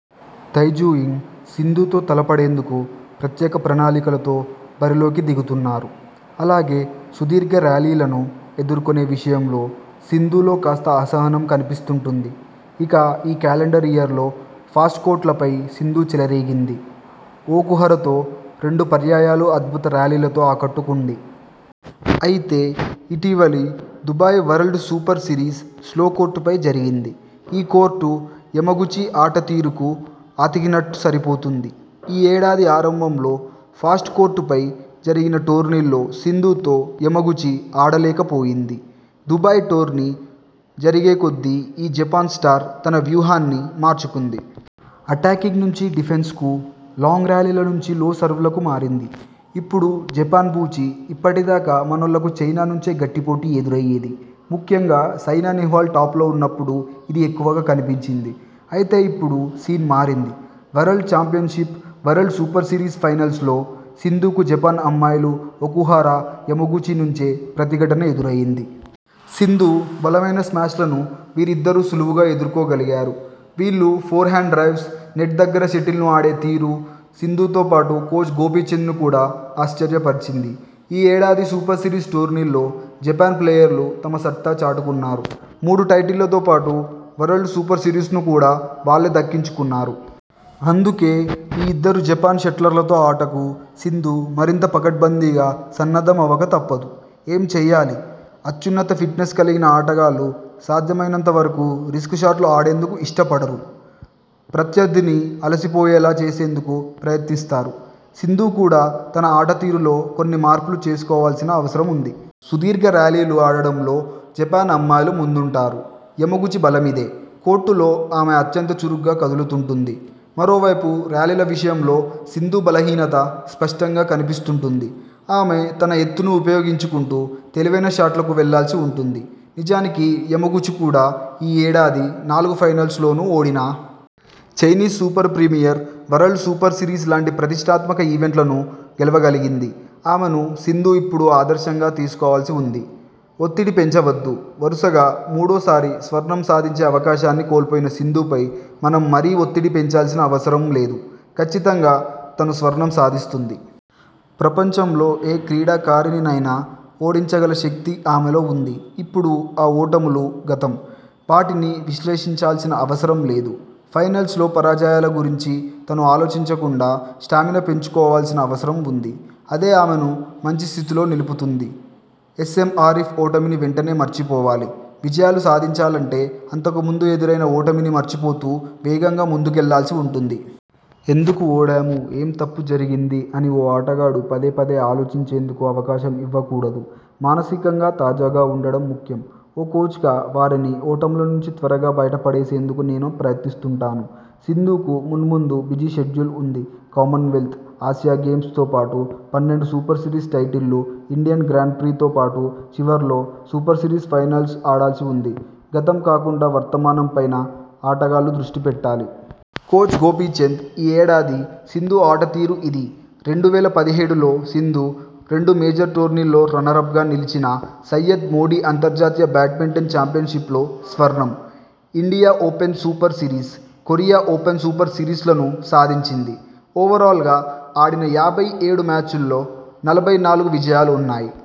తై Tzu Ying.. సింధుతో తలపడేందుకు ప్రత్యేక ప్రణాళికలతో బరిలో కి దిగుతున్నారు. అలాగే సుదీర్ఘ ర్యాలీలను ఎదుర్కొనే విషయంలో సింధులో కాస్త అసహనం కనిపిస్తుంటుంది. ఇక ఈ క్యాలెండర్ ఇయర్లో ఫాస్ట్ కోర్టులపై సింధు చెలరేగింది. ఒకుహరతో రెండు పర్యాయాలు అద్భుత ర్యాలీలతో ఆకట్టుకుంది. అయితే ఇటీవలి Dubai world super series slow కోర్టుపై జరిగింది. ఈ కోర్టు యమగుచి ఆటతీరుకు అతికినట్టు సరిపోతుంది. ఈ ఏడాది ఆరంభంలో ఫాస్ట్ కోర్టుపై జరిగిన టోర్నీల్లో సింధుతో యమగుచి ఆడలేకపోయింది. దుబాయ్ టోర్నీ జరిగేకొద్దీ ఈ జపాన్ స్టార్ తన వ్యూహాన్ని మార్చుకుంది. అటాకింగ్ నుంచి డిఫెన్స్కు.. లాంగ్ ర్యాలీల నుంచి లో సర్వ్లకు మారింది. ఇప్పుడు జపాన్ బూచి ఇప్పటిదాకా మనోళ్లకు చైనా నుంచే గట్టిపోటీ ఎదురయ్యేది. ముఖ్యంగా సైనా నెహ్వాల్ టాప్లో ఉన్నప్పుడు ఇది ఎక్కువగా కనిపించింది. అయితే ఇప్పుడు సీన్ మారింది. World championship, world super series finals లో సింధుకు జపాన్ అమ్మాయిలు ఒకుహ రా, యమగుచి నుంచే ప్రతి ఘటన ఎదురైంది. సింధు బలమైన స్మాష్ల ను వీరిద్దరు సులువుగా ఎదుర్కో గలిగారు. వీళ్లు ఫోర్ హ్యాండ్ డ్రైవ్స్, నెట్ దగ్గర షటిల్ను ఆడేతీరు సింధుతో పాటు కోచ్ గోపీచంద్ను కూడా ఆశ్చర్యపరిచింది. ఈ ఏడాది సూపర్సిరీస్ టోర్నీల్లో జపాన్ ప్లేయర్లు తమ సత్తా చాటుకున్నారు. మూడు టైటిళ్లతో పాటు వరల్డ్ సూపర్ సిరీస్ను కూడా వాళ్లే దక్కించుకున్నారు. అందుకే ఈ ఇద్దరు జపాన్ షట్లర్లతో ఆటకు సింధు మరింత పకడ్బందీగా సన్నద్ధమవ్వక తప్పదు. ఏం చేయాలి? అత్యున్నత ఫిట్నెస్ కలిగిన ఆటగాళ్లు సాధ్యమైనంత వరకు రిస్కీ షాట్లు ఆడేందుకు ఇష్టపడరు. ప్రత్యర్థిని అలసిపోయేలా చేసేందుకు ప్రయత్నిస్తారు. సింధు కూడా తన ఆటతీరులో కొన్ని మార్పులు చేసుకోవాల్సిన అవసరముంది. సుదీర్ఘ ర్యాలీలు ఆడడంలో జపాన్ అమ్మాయిలు ముందుంటారు. యమగుచి బలమిదే.. కోర్టులో ఆమె అత్యంత చురుగ్గా కదులుతుంటుంది. మరోవైపు ర్యాలీల విషయంలో సింధు బలహీనత స్పష్టంగా కనిపిస్తుంటుంది. ఆమె తన ఎత్తును ఉపయోగించుకుంటూ తెలివైన షాట్లకు వెళ్లల్సి ఉంటుంది. నిజానికి యమగుచి కూడా ఈ ఏడాది నాలుగు ఫైనల్స్ లోనూ ఓడినా.. Chinese super premier, world super series లాంటి ప్రతిష్ఠాత్మక ఈవెంట్లను గెలవగలిగింది. ఆమెను సింధు ఇప్పుడు ఆదర్శంగా తీసుకోవాల్సి ఉంది. ఒత్తిడి పెంచవద్దు. వరుసగా మూడోసారి స్వర్ణం సాధించే అవకాశాన్ని కోల్పోయిన సింధుపై మనం మరీ ఒత్తిడి పెంచాల్సిన అవసరం లేదు. కచ్చితంగా తను స్వర్ణం సాధిస్తుంది. ప్రపంచంలో ఏ క్రీడాకారిణినైనా ఓడించగల శక్తి ఆమెలో ఉంది. ఇప్పుడు ఆ ఓటములు గతం. వాటిని విశ్లేషించాల్సిన అవసరం లేదు. ఫైనల్స్లో పరాజయాల గురించి తను ఆలోచించకుండా స్టామినా పెంచుకోవాల్సిన అవసరం ఉంది. అదే ఆమెను మంచి స్థితిలో నిలుపుతుంది. ఎస్ఎం ఆరిఫ్ ఓటమిని వెంటనే మర్చిపోవాలివిజయాలు సాధించాలంటే అంతకు ముందు ఎదురైన ఓటమిని మరిచిపోతూ వేగంగా ముందుకెళ్లాల్సి ఉంటుంది. ఎందుకు ఓడాము.. ఏం తప్పు జరిగింది? అని ఓ ఆటగాడు పదేపదే ఆలోచించేందుకు అవకాశం ఇవ్వకూడదు. మానసికంగా తాజాగా ఉండడం ముఖ్యం. ఓ కోచ్గా వారిని ఓటముల నుంచి త్వరగా బయటపడేసేందుకు నేను ప్రయత్నిస్తుంటాను. సింధుకు మున్ముందు బిజీ షెడ్యూల్ ఉంది. కామన్వెల్త్, ఆసియా గేమ్స్తో పాటు పన్నెండు సూపర్ సిరీస్ టైటిళ్లు, ఇండియన్ గ్రాండ్ప్రీతో పాటు చివర్లో సూపర్ సిరీస్ ఫైనల్స్ ఆడాల్సి ఉంది గతం కాకుండా వర్తమానం పైనే ఆటగాళ్లు దృష్టి పెట్టాలి. కోచ్ గోపీచంద్ ఈ ఏడాది సింధు ఆటతీరు ఇదీ.. రెండు వేల పదిహేడులో సింధు రెండు మేజర్ టోర్నీల్లో రన్నరప్గా నిలిచినా సయ్యద్ మోడీ అంతర్జాతీయ బ్యాడ్మింటన్ చాంపియన్పిప్లో స్వర్ణం India open super series, Korea open super సిరీస్లను సాధించింది ఓవరాల్గా ఆడిన యాభై ఏడు మ్యాచ్ల్లో నలభై నాలుగు విజయాలున్నాయి.